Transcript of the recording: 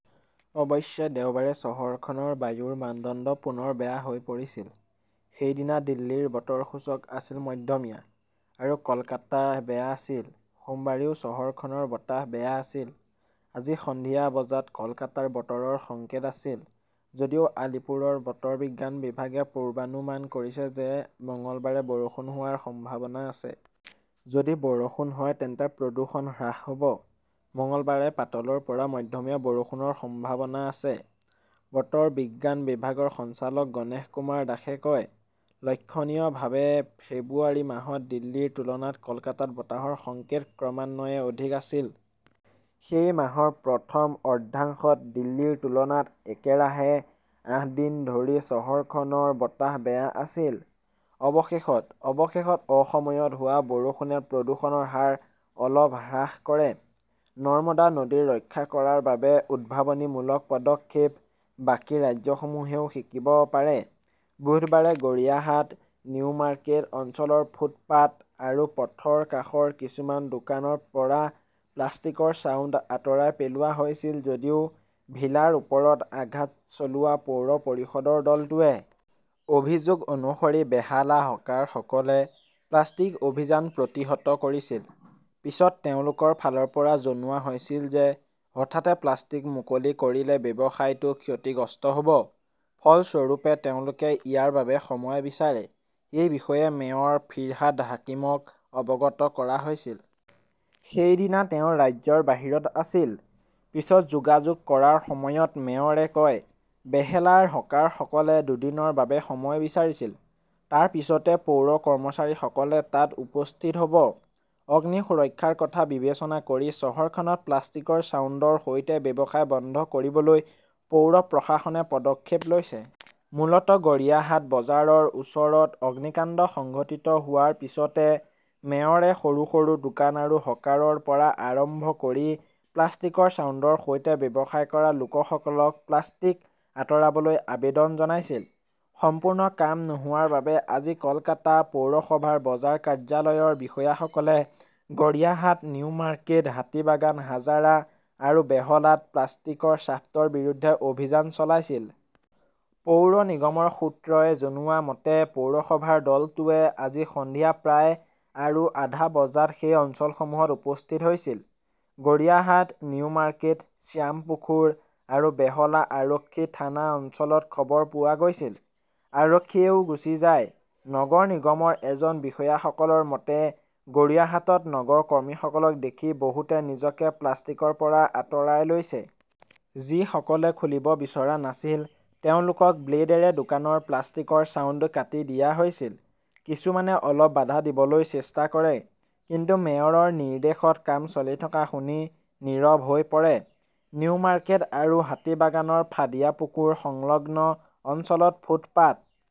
অৱশ্যে, দেওবাৰে চহৰখনৰ বায়ুৰ মানদণ্ড পুনৰ বেয়া হৈ পৰিছিল। সেইদিনা দিল্লীৰ বতৰৰ সূচক আছিল মধ্যমীয়া। আৰু কলকাতা বেয়া আছিল। সোমবাৰেও চহৰখনৰ বতাহ 'বেয়া "আছিল। আজি সন্ধিয়া বজাত কলকাতাৰ বতৰৰ সংকেত আছিল। যদিও আলীপুৰৰ বতৰ বিজ্ঞান বিভাগে পূৰ্বানুমান কৰিছে যে আজি মঙলবাৰে বৰষুণ হোৱাৰ সম্ভাৱনা আছে। যদি বৰষুণ হয় তেন্তে প্ৰদূষণ হ্ৰাস হ "ব। "মঙলবাৰে পাতলৰ পৰা মধ্যমীয়া বৰষুণৰ সম্ভাৱনা আছে", বতৰ বিজ্ঞান বিভাগৰ সঞ্চালক গণেশকুমাৰ দাসে কয়। "লক্ষণীয়ভাৱে, ফেব্ৰুৱাৰী মাহত দিল্লীৰ তুলনাত কলকাতাত বতাহৰ সংকেত ক্ৰমান্বয়ে অধিক আছিল। সেই মাহৰ প্ৰথম অৰ্ধাংশত দিল্লীৰ তুলনাত একেৰাহে আঠ দিন ধৰি চহৰখনৰ বতাহ বেয়া আছিল। অৱশেষত, অৱশেষত, অসময়ত হোৱা বৰষুণে প্ৰদূষণৰ হাৰ অলপ হ্ৰাস কৰে। নৰ্মদা নদী ৰক্ষা কৰাৰ বাবে উদ্ভাৱনীমূলক পদক্ষেপ, বাকী ৰাজ্যসমূহেও শিকিব পাৰে বুধবাৰে গড়িয়াহাট, নিউ মাৰ্কেট অঞ্চলৰ ফুটপাত আৰু পথৰ কাষৰ কিছুমান দোকানৰ পৰা প্লাষ্টিকৰ ছাউণ্ড আঁতৰাই পেলোৱা হৈছিল যদিও ভিলাৰ ওপৰত 'আঘাত "চলোৱা পৌৰ পৰিষদৰ দলটোৱে। অভিযোগ অনুসৰি বেহালা হ 'কাৰসকলে প্লাষ্টিক অভিযান প্ৰতিহত কৰিছিল। পিছত তেওঁলোকৰ ফালৰ পৰা জনোৱা হৈছিল যে হঠাতে প্লাষ্টিক মুকলি কৰিলে ব্যৱসায়টো ক্ষতিগ্ৰস্ত হ "ব। ফলস্বৰূপে, তেওঁলোকে ইয়াৰ বাবে সময় বিচাৰে। এই বিষয়ে মেয়ৰ ফিৰহাদ হাকিমক অৱগত কৰা হৈছিল। সেইদিনা তেওঁ ৰাজ্যৰ বাহিৰত আছিল। পিছত যোগাযোগ কৰাৰ সময়ত মেয়ৰে কয়, "বেহেলাৰ হ 'কাৰসকলে দুদিনৰ বাবে সময় বিচাৰিছিল। তাৰ পিছতে পৌৰ কৰ্মচাৰীসকলে তাত উপস্থিত হ "ব। "অগ্নি সুৰক্ষাৰ কথা বিবেচনা কৰি চহৰখনত প্লাষ্টিকৰ ছাউণ্ডৰ সৈতে ব্যৱসায় বন্ধ কৰিবলৈ পৌৰ প্ৰশাসনে পদক্ষেপ লৈছে। মূলতঃ গড়িয়াহাট বজাৰৰ ওচৰত অগ্নিকাণ্ড সংঘটিত হোৱাৰ পিছতে মেয়ৰে সৰু সৰু দোকান আৰু হকাৰৰ পৰা আৰম্ভ কৰি প্লাষ্টিকৰ ছাউণ্ডৰ সৈতে ব্যৱসায় কৰা লোকসকলক প্লাষ্টিক আঁতৰাবলৈ আবেদন জনাইছিল। সম্পূৰ্ণ কাম নোহোৱাৰ বাবে আজি কলকাতা পৌৰসভাৰ বজাৰ কাৰ্যালয়ৰ বিষয়াসকলে গড়িয়াহাট, নিউ মাৰ্কেট, হাতিবাগান, হাজাৰা আৰু বেহলাত প্লাষ্টিকৰ ছাফ্টৰ বিৰুদ্ধে অভিযান চলাইছিল। পৌৰ নিগমৰ সূত্ৰই জনোৱা মতে, পৌৰসভাৰ দলটোৱে আজি সন্ধিয়া প্ৰায় আৰু আধা বজাত সেই অঞ্চলসমূহত উপস্থিত হৈছিল। গড়িয়াহাট, নিউ মাৰ্কেট, শ্যামপুখুৰ আৰু বেহলা আৰক্ষী থানা অঞ্চলত খবৰ পোৱা গৈছিল। আৰক্ষীয়েও গুচি যায়। নগৰ নিগমৰ এজন বিষয়াসকলৰ মতে, গড়িয়াহাটত নগৰ কৰ্মীসকলক দেখি বহুতে নিজকে প্লাষ্টিকৰ পৰা আঁতৰাই লৈছে। যিসকলে খুলিব বিচৰা নাছিল তেওঁলোকক ব্লেডেৰে দোকানৰ প্লাষ্টিকৰ ছাউণ্ড কাটি দিয়া হৈছিল। কিছুমানে অলপ বাধা দিবলৈ চেষ্টা কৰে, কিন্তু মেয়ৰৰ নিৰ্দেশত কাম চলি থকা শুনি নীৰৱ হৈ পৰে। নিউ মাৰ্কেট আৰু হাতিবাগানৰ ফাডিয়াপুকুৰ সংলগ্ন অঞ্চলত ফুটপাত